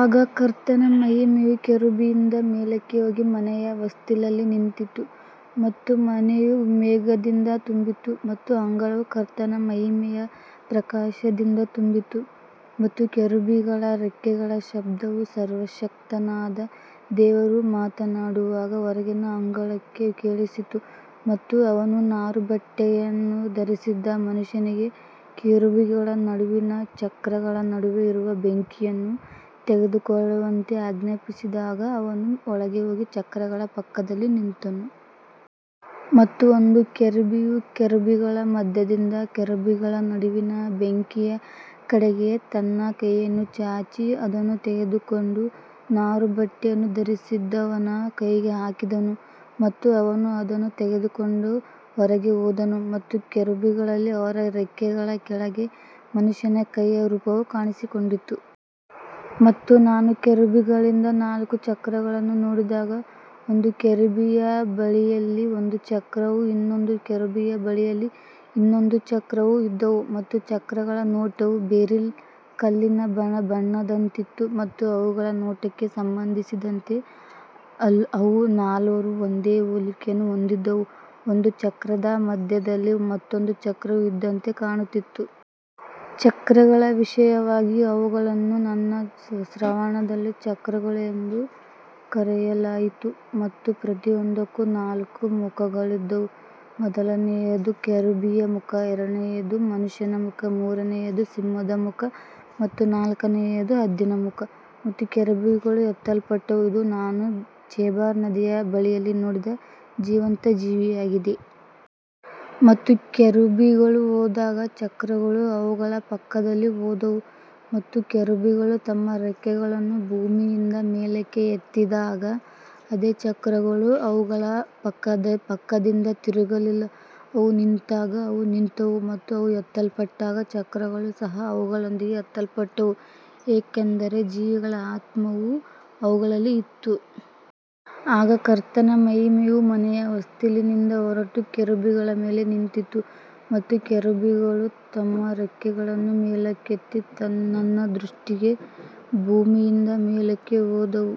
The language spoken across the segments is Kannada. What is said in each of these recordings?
ಆಗ ಕರ್ತನ ಮಹಿಮೆಯು ಕೆರೂಬಿಯಿಂದ ಮೇಲಕ್ಕೆ ಹೋಗಿ ಮನೆಯ ಹೊಸ್ತಿಲಲ್ಲಿ ನಿಂತಿತು ಮತ್ತು ಮನೆಯು ಮೇಘದಿಂದ ತುಂಬಿತ್ತು ಮತ್ತು ಅಂಗಳವು ಕರ್ತನ ಮಹಿಮೆಯ ಪ್ರಕಾಶದಿಂದ ತುಂಬಿತ್ತು. ಮತ್ತು ಕೆರೂಬಿಗಳ ರೆಕ್ಕೆಗಳ ಶಬ್ದವು ಸರ್ವಶಕ್ತನಾದ ದೇವರು ಮಾತನಾಡುವಾಗ ಹೊರಗಿನ ಅಂಗಳಕ್ಕೆ ಕೇಳಿಸಿತು. ಮತ್ತು ಅವನು ನಾರುಬಟ್ಟೆಯನ್ನು ಧರಿಸಿದ್ದ ಮನುಷ್ಯನಿಗೆ ಕೆರೂಬಿಗಳ ನಡುವಿನ ಚಕ್ರಗಳ ನಡುವೆ ಇರುವ ಬೆಂಕಿಯನ್ನು ತೆಗೆದುಕೊಳ್ಳುವಂತೆ ಆಜ್ಞಾಪಿಸಿದಾಗ ಅವನು ಒಳಗೆ ಹೋಗಿ ಚಕ್ರಗಳ ಪಕ್ಕದಲ್ಲಿ ನಿಂತನು. ಮತ್ತು ಒಂದು ಕೆರೂಬಿಯು ಕೆರೂಬಿಗಳ ಮಧ್ಯದಿಂದ ಕೆರೂಬಿಗಳ ನಡುವಿನ ಬೆಂಕಿಯ ಕಡೆಗೆ ತನ್ನ ಕೈಯನ್ನು ಚಾಚಿ ಅದನ್ನು ತೆಗೆದುಕೊಂಡು ನಾರುಬಟ್ಟೆಯನ್ನು ಧರಿಸಿದ್ದವನ ಕೈಗೆ ಹಾಕಿದನು ಮತ್ತು ಅವನು ಅದನ್ನು ತೆಗೆದುಕೊಂಡು ಹೊರಗೆ ಹೋದನು. ಮತ್ತು ಕೆರೂಬಿಗಳಲ್ಲಿ ಅವರ ರೆಕ್ಕೆಗಳ ಕೆಳಗೆ ಮನುಷ್ಯನ ಕೈಯ ರೂಪವು ಕಾಣಿಸಿಕೊಂಡಿತು. ಮತ್ತು ನಾನು ಕೆರೂಬಿಗಳಿಂದ ನಾಲ್ಕು ಚಕ್ರಗಳನ್ನು ನೋಡಿದಾಗ, ಒಂದು ಕೆರೂಬಿಯ ಬಳಿಯಲ್ಲಿ ಒಂದು ಚಕ್ರವೂ ಇನ್ನೊಂದು ಕೆರೂಬಿಯ ಬಳಿಯಲ್ಲಿ ಇನ್ನೊಂದು ಚಕ್ರವೂ ಇದ್ದವು ಮತ್ತು ಚಕ್ರಗಳ ನೋಟವು ಬೆರಿಲ್ ಕಲ್ಲಿನ ಬಣ್ಣದಂತಿತ್ತು. ಮತ್ತು ಅವುಗಳ ನೋಟಕ್ಕೆ ಸಂಬಂಧಿಸಿದಂತೆ ಅವು ನಾಲ್ವರೂ ಒಂದೇ ಹೋಲಿಕೆಯನ್ನು ಹೊಂದಿದ್ದವು, ಒಂದು ಚಕ್ರದ ಮಧ್ಯದಲ್ಲಿ ಮತ್ತೊಂದು ಚಕ್ರವು ಇದ್ದಂತೆ ಕಾಣುತ್ತಿತ್ತು. ಚಕ್ರಗಳ ವಿಷಯವಾಗಿ ಅವುಗಳನ್ನು ನನ್ನ ಶ್ರವಣದಲ್ಲಿ ಚಕ್ರಗಳು ಎಂದು ಕರೆಯಲಾಯಿತು. ಮತ್ತು ಪ್ರತಿಯೊಂದಕ್ಕೂ ನಾಲ್ಕು ಮುಖಗಳಿದ್ದವು, ಮೊದಲನೆಯದು ಕೆರೂಬಿಯ ಮುಖ, ಎರಡನೆಯದು ಮನುಷ್ಯನ ಮುಖ, ಮೂರನೆಯದು ಸಿಂಹದ ಮುಖ ಮತ್ತು ನಾಲ್ಕನೆಯದು ಹದ್ದಿನ ಮುಖ. ಮತ್ತು ಕೆರೂಬಿಗಳು ಎತ್ತಲ್ಪಟ್ಟವು. ಇದು ನಾನು ಚೆಬಾರ್ ನದಿಯ ಬಳಿಯಲ್ಲಿ ನೋಡಿದ ಜೀವಂತ ಜೀವಿಯಾಗಿದೆ. ಮತ್ತು ಕೆರೂಬಿಗಳು ಹೋದಾಗ ಚಕ್ರಗಳು ಅವುಗಳ ಪಕ್ಕದಲ್ಲಿ ಹೋದವು ಮತ್ತು ಕೆರೂಬಿಗಳು ತಮ್ಮ ರೆಕ್ಕೆಗಳನ್ನು ಭೂಮಿಯಿಂದ ಮೇಲಕ್ಕೆ ಎತ್ತಿದಾಗ ಅದೇ ಚಕ್ರಗಳು ಅವುಗಳ ಪಕ್ಕದಿಂದ ತಿರುಗಲಿಲ್ಲ. ಅವು ನಿಂತಾಗ ಅವು ನಿಂತವು ಮತ್ತು ಅವು ಎತ್ತಲ್ಪಟ್ಟಾಗ ಚಕ್ರಗಳು ಸಹ ಅವುಗಳೊಂದಿಗೆ ಎತ್ತಲ್ಪಟ್ಟವು, ಏಕೆಂದರೆ ಜೀವಿಗಳ ಆತ್ಮವು ಅವುಗಳಲ್ಲಿ ಇತ್ತು. ಆಗ ಕರ್ತನ ಮಹಿಮೆಯು ಮನೆಯ ಹೊಸ್ತಿಲಿಂದ ಹೊರಟು ಕೆರೂಬಿಗಳ ಮೇಲೆ ನಿಂತಿತು. ಮತ್ತು ಕೆರೂಬಿಗಳು ತಮ್ಮ ರೆಕ್ಕೆಗಳನ್ನು ಮೇಲಕ್ಕೆತ್ತಿ ನನ್ನ ದೃಷ್ಟಿಗೆ ಭೂಮಿಯಿಂದ ಮೇಲಕ್ಕೆ ಹೋದವು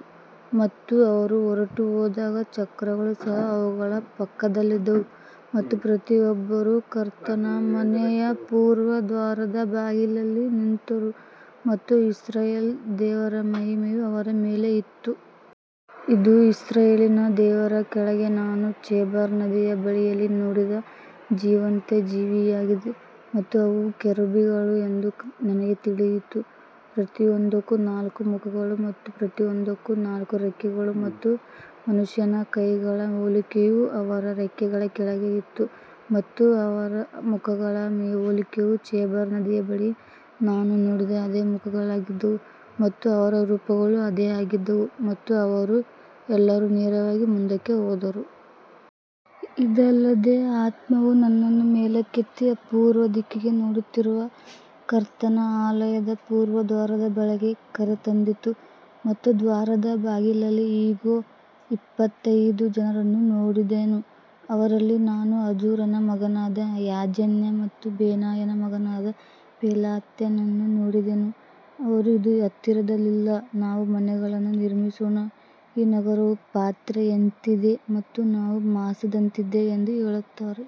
ಮತ್ತು ಅವರು ಹೊರಟುಹೋದಾಗ ಚಕ್ರಗಳು ಸಹ ಅವುಗಳ ಪಕ್ಕದಲ್ಲಿದ್ದವು. ಮತ್ತು ಪ್ರತಿಯೊಬ್ಬರೂ ಕರ್ತನ ಮನೆಯ ಪೂರ್ವ ದ್ವಾರದ ಬಾಗಿಲಲ್ಲಿ ನಿಂತರು ಮತ್ತು ಇಸ್ರಾಯೇಲ್ ದೇವರ ಮಹಿಮೆಯು ಅವರ ಮೇಲೆ ಇತ್ತು. ಇದು ಇಸ್ರಾಯೇಲಿನ ದೇವರ ಕೆಳಗೆ ನಾನು ಚೆಬಾರ್ ನದಿಯ ಬಳಿಯಲ್ಲಿ ನೋಡಿದ ಜೀವಂತ ಜೀವಿಯಾಗಿದೆ ಮತ್ತು ಅವು ಕೆರೂಬಿಗಳು ಎಂದು ನನಗೆ ತಿಳಿಯಿತು. ಪ್ರತಿಯೊಂದಕ್ಕೂ ನಾಲ್ಕು ಮುಖಗಳು ಮತ್ತು ಪ್ರತಿಯೊಂದಕ್ಕೂ ನಾಲ್ಕು ರೆಕ್ಕೆಗಳು ಮತ್ತು ಮನುಷ್ಯನ ಕೈಗಳ ಹೋಲಿಕೆಯು ಅವರ ರೆಕ್ಕೆಗಳ ಕೆಳಗೆ ಇತ್ತು. ಮತ್ತು ಅವರ ಮುಖಗಳ ಹೋಲಿಕೆಯು ಚೆಬಾರ್ ನದಿಯ ಬಳಿ ನಾನು ನೋಡಿದ ಅದೇ ಮುಖಗಳಾಗಿದ್ದವು ಮತ್ತು ಅವರ ರೂಪಗಳೂ ಅದೇ ಆಗಿದ್ದವು ಮತ್ತು ಅವರು ಎಲ್ಲರೂ ನೇರವಾಗಿ ಮುಂದಕ್ಕೆ ಹೋದರು. ಇದಲ್ಲದೆ ಆತ್ಮವು ನನ್ನನ್ನು ಮೇಲಕ್ಕೆತ್ತಿ ಪೂರ್ವ ದಿಕ್ಕಿಗೆ ನೋಡುತ್ತಿರುವ ಕರ್ತನ ಆಲಯದ ಪೂರ್ವ ದ್ವಾರದ ಬಳಿಗೆ ಕರೆತಂದಿತು ಮತ್ತು ದ್ವಾರದ ಬಾಗಿಲಲ್ಲಿ ಇಗೋ, ಇಪ್ಪತ್ತೈದು ಜನರನ್ನು ನೋಡಿದೆನು. ಅವರಲ್ಲಿ ನಾನು ಅಜೂರನ ಮಗನಾದ ಯಾಜನ್ಯ ಮತ್ತು ಬೆನಾಯನ ಮಗನಾದ ಪೆಲಾತ್ಯನನ್ನು ನೋಡಿದೆನು. ಅವರು, ಇದು ಹತ್ತಿರದಲ್ಲಿಲ್ಲ, ನಾವು ಮನೆಗಳನ್ನು ನಿರ್ಮಿಸೋಣ, ಈ ನಗರವು ಪಾತ್ರೆಯಂತಿದೆ ಮತ್ತು ನಾವು ಮಾಂಸದಂತಿದ್ದೇವೆ ಎಂದು ಹೇಳುತ್ತಾರೆ.